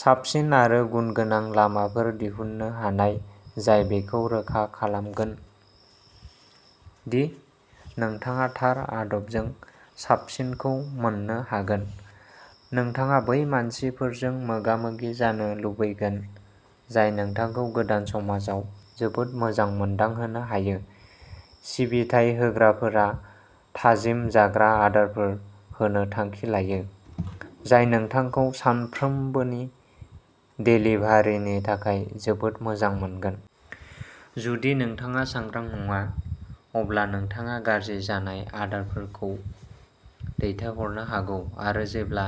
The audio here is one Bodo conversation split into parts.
साबसिन आरो गुनगोनां लामाफोर दिहुननो हानाय जाय बेखौ रोखा खालामगोन दि नोंथाङा थार आदबजों साबसिनखौ मोन्नो हागोन। नोंथाङा बै मानसिफोरजों मोगा-मोगि जानो लुबैगोन जाय नोंथांखौ गोदान समाजाव जोबोद मोजां मोनदांहोनो हायो। सिबिथाइ होग्राफोरा थाजिम जाग्रा आदारफोर होनो थांखि लायो, जाय नोंथांखौ सानफ्रोमबोनि देलिभारिनि थाखाय जोबोद मोजां मोनगोन। जुदि नोंथाङा सांग्रां नङा, अब्ला नोंथाङा गाज्रि जानाय आदारफोरखौ दैथायहरनो हागौ आरो जेब्ला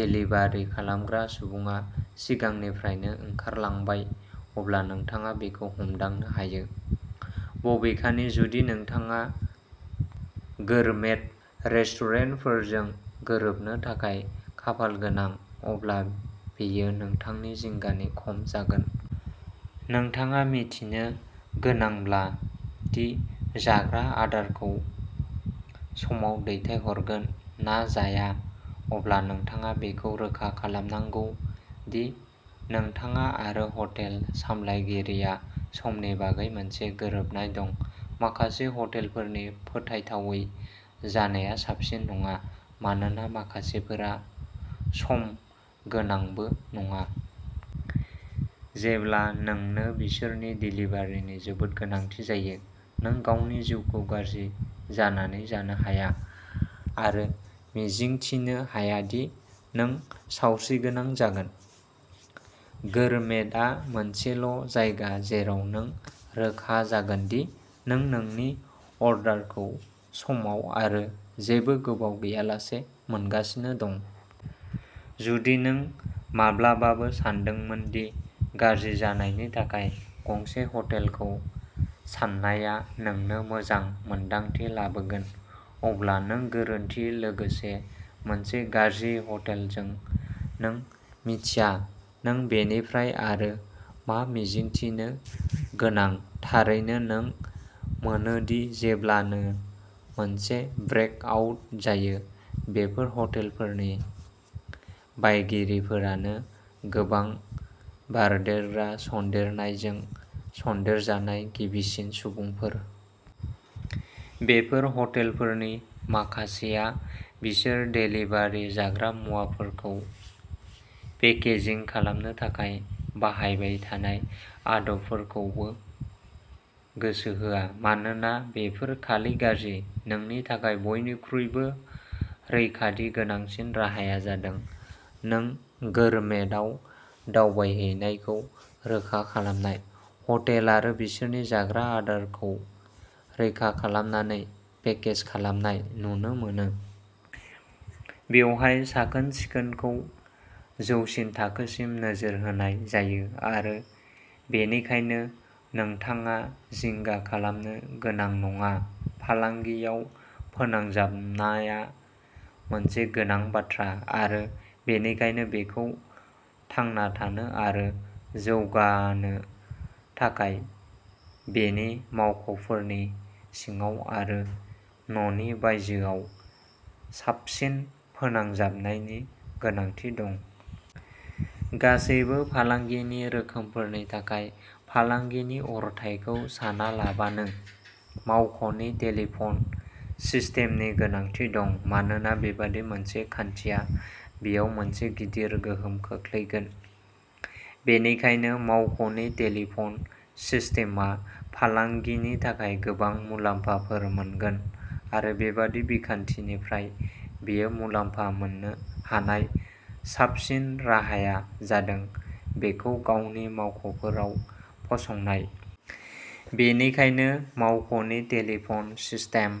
देलिभारि खालामग्रा सुबुङा सिगांनिफ्रायनो ओंखारलांबाय, अब्ला नोंथाङा बेखौ हमदांनो हायो। बबेखानि, जुदि नोंथाङा गोरमेट रेस्टुरेन्टफोरजों गोरोबनो थाखाय खाफालगोनां, अब्ला बेयो नोंथांनि जिंगानि खम जागोन। नोंथाङा मिन्थिनो गोनांब्ला दि जाग्रा आदारखौ समाव दैथायहरगोन ना जाया, अब्ला नोंथाङा बेखौ रोखा खालामनांगौ दि नोंथाङा आरो हटेल सामलायगिरिया समनि बागै मोनसे गोरोबनाय दं। माखासे हटेलफोरनि फोथायथावै जानाया साबसिन नङा, मानोना माखासेफोरा सम गोनांबो नङा। जेब्ला नोंनो बिसोरनि देलिभारिनि जोबोद गोनांथि जायो। नों गावनि जिउखौ गाज्रि जानानै जानो हाया आरो मिजिंथिनो हाया दि नों सावस्रिगोनां जागोन। गोरमेटआ मोनसेल' जायगा जेराव नों रोखा जागोन दि नों नोंनि अर्डारखौ समाव आरो जेबो गोबाव गैयालासे मोनगासिनो दं। जुदि नों माब्लाबाबो सानदोंमोन दि गाज्रि जानायनि थाखाय गंसे हटेलखौ साननाया नोंनो मोजां मोन्दांथि लाबोगोन, अब्ला नों गोरोन्थि। लोगोसे, मोनसे गाज्रि हटेलजों नों मिन्थिया नों बेनिफ्राय आरो मा मिजिंथिनो गोनां। थारैनो, नों मोनो दि जेब्लानो मोनसे ब्रेक आउट जायो, बेफोर हटेलफोरनि बायगिरिफोरानो गोबां बारदेरग्रा सन्देरनायजों सन्देरजानाय गिबिसिन सुबुंफोर। बेफोर हटेलफोरनि माखासेआ बिसोर देलिभारि जाग्रा मुवाफोरखौ पेकेजिं खालामनो थाखाय बाहायबाय थानाय आदबफोरखौबो गोसो होआ मानोना बेफोर खालि गाज्रि। नोंनि थाखाय बयनिख्रुइबो रैखाथि गोनांसिन राहाया जादों नों गोरमेटआव दावबायहैनायखौ रोखा खालामनाय। हटेल आरो बिसोरनि जाग्रा आदारखौ रैखा खालामनानै पेकेज खालामनाय नुनो मोनो। बेवहाय साखोन सिखोनखौ जौसिन थाखोसिम नोजोर होनाय जायो आरो बेनिखायनो नोंथाङा जिंगा खालामनो गोनां नङा। फालांगियाव फोनांजाबनाया मोनसे गोनां बाथ्रा आरो बेनिखायनो बेखौ थांना थानो आरो जौगानो थाखाय बेनि मावख'फोरनि सिङाव आरो न'नि बायजोआव साबसिन फोनांजाबनायनि गोनांथि दं। गासैबो फालांगिनि रोखोमफोरनि थाखाय फालांगिनि अरथाइखौ सानालाबानो मावख'नि टेलिफन सिस्टेमनि गोनांथि दं मानोना बेबादि मोनसे खान्थिया बेयाव मोनसे गिदिर गोहोम खोख्लैगोन। बेनिखायनो मावख'नि टेलिफन सिस्टेमआ फालांगिनि थाखाय गोबां मुलाम्फाफोर मोनगोन आरो बेबादि बिखान्थिनिफ्राय बेयो मुलाम्फा मोननो हानाय साबसिन राहाया जादों बेखौ गावनि मावख'फोराव फसंनाय। बेनिखायनो मावख'नि टेलिफन सिस्टेम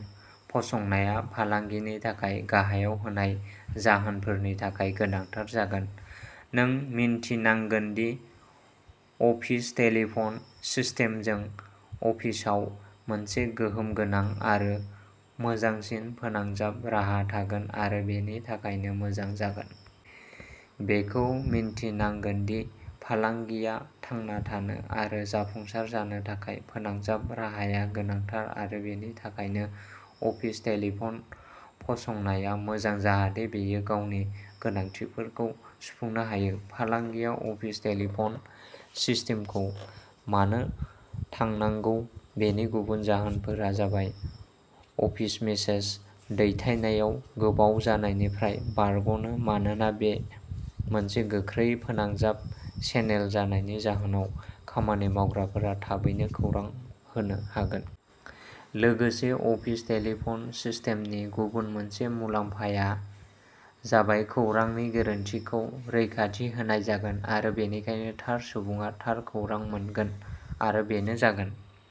फसंनाया फालांगिनि थाखाय गाहायाव होनाय जाहोनफोरनि थाखाय गोनांथार जागोन। नों मिन्थिनांगोन दि अफिस टेलिफन सिस्टेमजों अफिसआव मोनसे गोहोम गोनां आरो मोजांसिन फोनांजाब राहा थागोन आरो बेनि थाखायनो मोजां जागोन। बेखौ मिन्थिनांगोन दि फालांगिया थांना थानो आरो जाफुंसार जानो थाखाय फोनांजाब राहाया गोनांथार आरो बेनि थाखायनो अफिस टेलिफन फसंनाया मोजां जाहाथे बेयो गावनि गोनांथिफोरखौ सुफुंनो हायो। फालांगिया अफिस टेलिफन सिस्टेमखौ मानो थानांगौ बेनि गुबुन जाहोनफोरा जाबाय अफिस मेसेज दैथायनायाव गोबाव जानायनिफ्राय बारग'नो मानोना बे मोनसे गोख्रै फोनांजाब चेनेल जानायनि जाहोनाव खामानि मावग्राफोरा थाबैनो खौरां होनो हागोन। लोगोसे अफिस टेलिफन सिस्टेमनि गुबुन मोनसे मुलाम्फाया जाबाय खौरांनि गोरोनथिखौ रैखाथि होनाय जागोन आरो बेनिखायनो थार सुबुङा थार खौरां मोनगोन आरो बेनो जागोन।